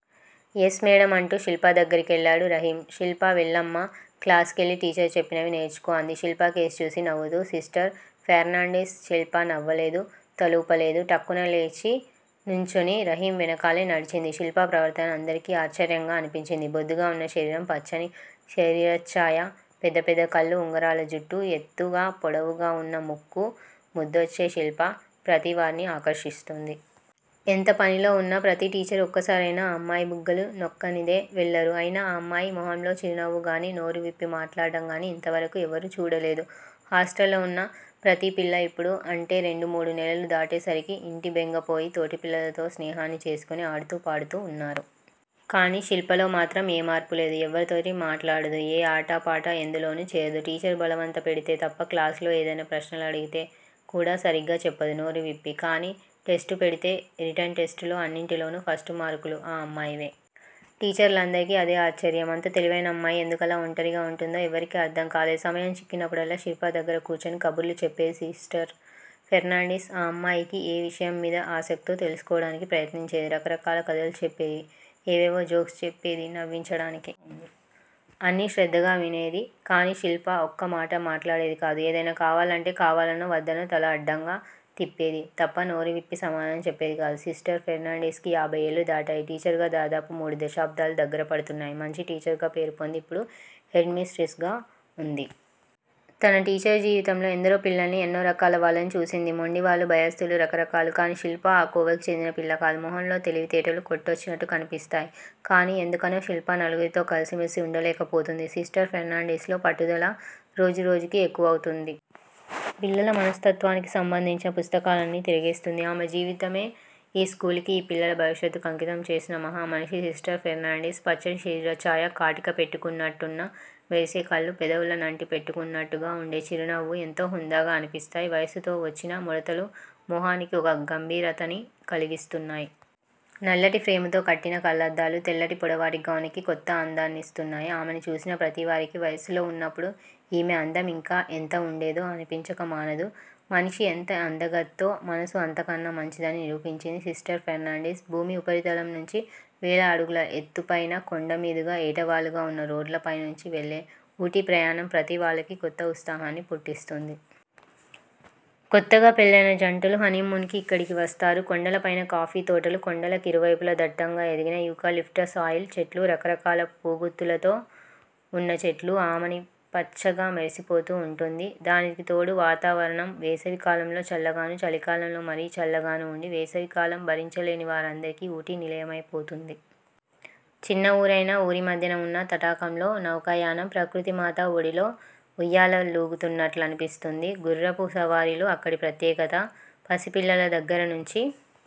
Yes madam అంటూ శిల్ప దగ్గరికెళ్ళాడు రహీం. శిల్పా వెళ్ళమ్మా. క్లాసుకెళ్ళి టీచరు చెప్పినవి నేర్చుకో అంది శిల్పకేసి చూసి నవ్వుతూ సిస్టర్ ఫెర్నాండిస్. శిల్ప నవ్వలేదు! తలూపలేదు! టక్కున లేచి నుంచుని రహీం వెనకాలే నడిచింది. శిల్ప ప్రవర్తన అందరికీ ఆశ్చర్యంగా అనిపించింది. బొద్దుగా వున్న శరీరం, పచ్చని శరీరచ్ఛాయ, పెద్ద పెద్ద కళ్లూ, ఉంగరాల జుట్టూ, ఎత్తుగా పొడవుగా వున్న ముక్కూ, ముద్దొచ్చే శిల్ప ప్రతి వారినీ ఆకర్షిస్తుంది. ఎంత పనిలో వున్నా ప్రతి టీచరు ఒక్కసారైనా ఆ అమ్మాయి బుగ్గలు నొక్కనిదే వెళ్ళరు. అయినా ఆ అమ్మాయి మొహంలో చిరునవ్వుకాని, నోరువిప్పి మాట్లాడ్డం కాని ఇంతవరకూ ఎవ్వరూ చూడలేదు. హాస్టల్లో వున్న ప్రతీ పిల్లా ఇప్పుడు, అంటే రెండు మూడు నెలలు దాటేసరికి ఇంటి బెంగపోయి, తోటిపిల్లలతో స్నేహాన్ని చేసుకుని ఆడుతూ పాడుతూ వున్నారు. కాని శిల్పలోమాత్రం ఏ మార్పూ లేదు. ఎవ్వరితోటీ మాట్లాడదు. ఏ ఆట పాట ఎందులోనూ చేరదు. టీచరు బలవంత పెడితే తప్ప క్లాసులో ఏదైనా ప్రశ్నలడిగితే కూడా సరిగ్గా చెప్పదు నోరువిప్పి. కానీ టెస్టు పెడితే రిటన్ టెస్టులో అన్నింటిలోనూ ఫస్టు మార్కులు ఆ అమ్మాయివే. టీచర్లందరికీ అదే ఆశ్చర్యం. అంత తెలివైన అమ్మాయి ఎందుకలా ఒంటరిగా వుంటుందో ఎవ్వరికీ అర్థం కాలేదు. సమయం చిక్కినప్పుడల్లా, శిల్ప దగ్గర కూర్చుని కబుర్లు చెప్పేది సిస్టర్ ఫెర్నాండిస్. ఆ అమ్మాయికి ఏ విషయంమీద ఆసక్తో తెలుసుకోవడానికి ప్రయత్నించేది. రకరకాల కథలు చెప్పేది. ఏవేవో జోక్స్ చెప్పేది నవ్వించడానికి. అన్నీ శ్రద్ధగా వినేది కాని శిల్ప ఒక్క మాట మాట్లాడేది కాదు. ఏదైనా కావాలా అంటే కావాలనో వద్దనో తల అడ్డంగా తిప్పేది తప్ప నోరువిప్పి సమాధానం చెప్పేదికాదు. సిస్టర్ ఫెర్నాండిస్ కి యాభై ఏళ్ళు దాటాయి. టీచరుగా దాదాపు మూడు దశాబ్దాలు దగ్గరపడుతున్నాయి. మంచి టీచరుగా పేరుపొంది ఇప్పుడు హెడ్ మిస్ట్రిస్ గా వుంది. తన టీచరు జీవితంలో ఎందరో పిల్లల్ని, ఎన్నో రకాల వాళ్ళని చూసింది. మొండివాళ్లూ, భయస్థులూ, రకరకాలు! కానీ శిల్ప ఆ కోవకి చెందిన పిల్లకాదు. మొహంలో తెలివితేటలు కొట్టొచ్చినట్టు కనిపిస్తయ్! కానీ ఎందుకనో శిల్ప నలుగురితో కలిసి మెలసి ఉండలేకపోతోంది. సిస్టర్ ఫెర్నాండిస్ లో పట్టుదల రోజురోజుకీ ఎక్కువవుతోంది. పిల్లల మనస్తత్వానికి సంబంధించిన పుస్తకాలన్నీ తిరగేస్తోంది. ఆమె జీవితమే ఈ స్కూలుకీ ఈ పిల్లల భవిష్యత్తుకీ అంకితం చేసిన మహామనిషి సిస్టర్ ఫెర్నాండిస్. పచ్చటి శరీరచ్ఛాయ, కాటిక పెట్టుకున్నట్టున్న మెరిసే కళ్ళూ, పెదవుల నంటిపెట్టుకున్నట్టుగా ఉండే చిరునవ్వూ ఎంతో హుందాగా అనిపిస్తాయి! వయస్సుతో వొచ్చిన ముడతలు మొహానికి ఒక గంభీరతని కలిగిస్తున్నాయి. నల్లటి ఫ్రేముతో కట్టిన కళ్ళద్దాలు, తెల్లటి పొడవాటి గౌనుకి కొత్త అందాన్నిస్తున్నాయి. ఆమెని చూసిన ప్రతివారికీ, 'వయస్సులో వున్నప్పుడు ఈమె అందం ఇంకా ఎంత ఉండేదో' అనిపించక మానదు! మనిషి ఎంత అందగత్తో, మనసు అంతకన్నా మంచిదని నిరూపించింది సిస్టర్ ఫెర్నాండిస్. భూమి ఉపరితలం నుంచి వేల అడుగుల ఎత్తుపైన, కొండమీదుగా ఏటవాలుగా వున్న రోడ్లపైనుంచి వెళ్ళే ఊటీ ప్రయాణం, ప్రతీవాళ్ళకీ కొత్త ఉత్సాహాన్ని పుట్టిస్తుంది. కొత్తగా పెళ్ళయిన జంటలు హనీమూన్ కి ఇక్కడికే వస్తారు. కొండలపైన కాఫీ తోటలు కొండల కిరువైపులా దట్టంగా ఎదిగిన 'యూకలిప్టస్ ఆయిల్' చెట్లూ, రకరకాల పూగుత్తులతో వున్న చెట్లూ, ఆమని పచ్చగా మెరిసిపోతూ వుంటుంది. దానికి తోడు వాతావరణం, వేసవి కాలంలో చల్లగానూ, చలికాలంలో మరీ చల్లగానూ వుండి, వేసవికాలం భరించలేని వాళ్ళందరికీ ఊటీ నిలయమైపోతుంది. చిన్న ఊరైనా, ఊరిమధ్యన వున్న తటాకంలో నౌకాయానం, ప్రకృతి మాత ఒడిలో ఉయ్యాల లూగుతున్నట్లనిపిస్తుంది. గుఱ్ఱపు సవారీలు అక్కడి ప్రత్యేకత. పసిపిల్లల దగ్గరనుంచి,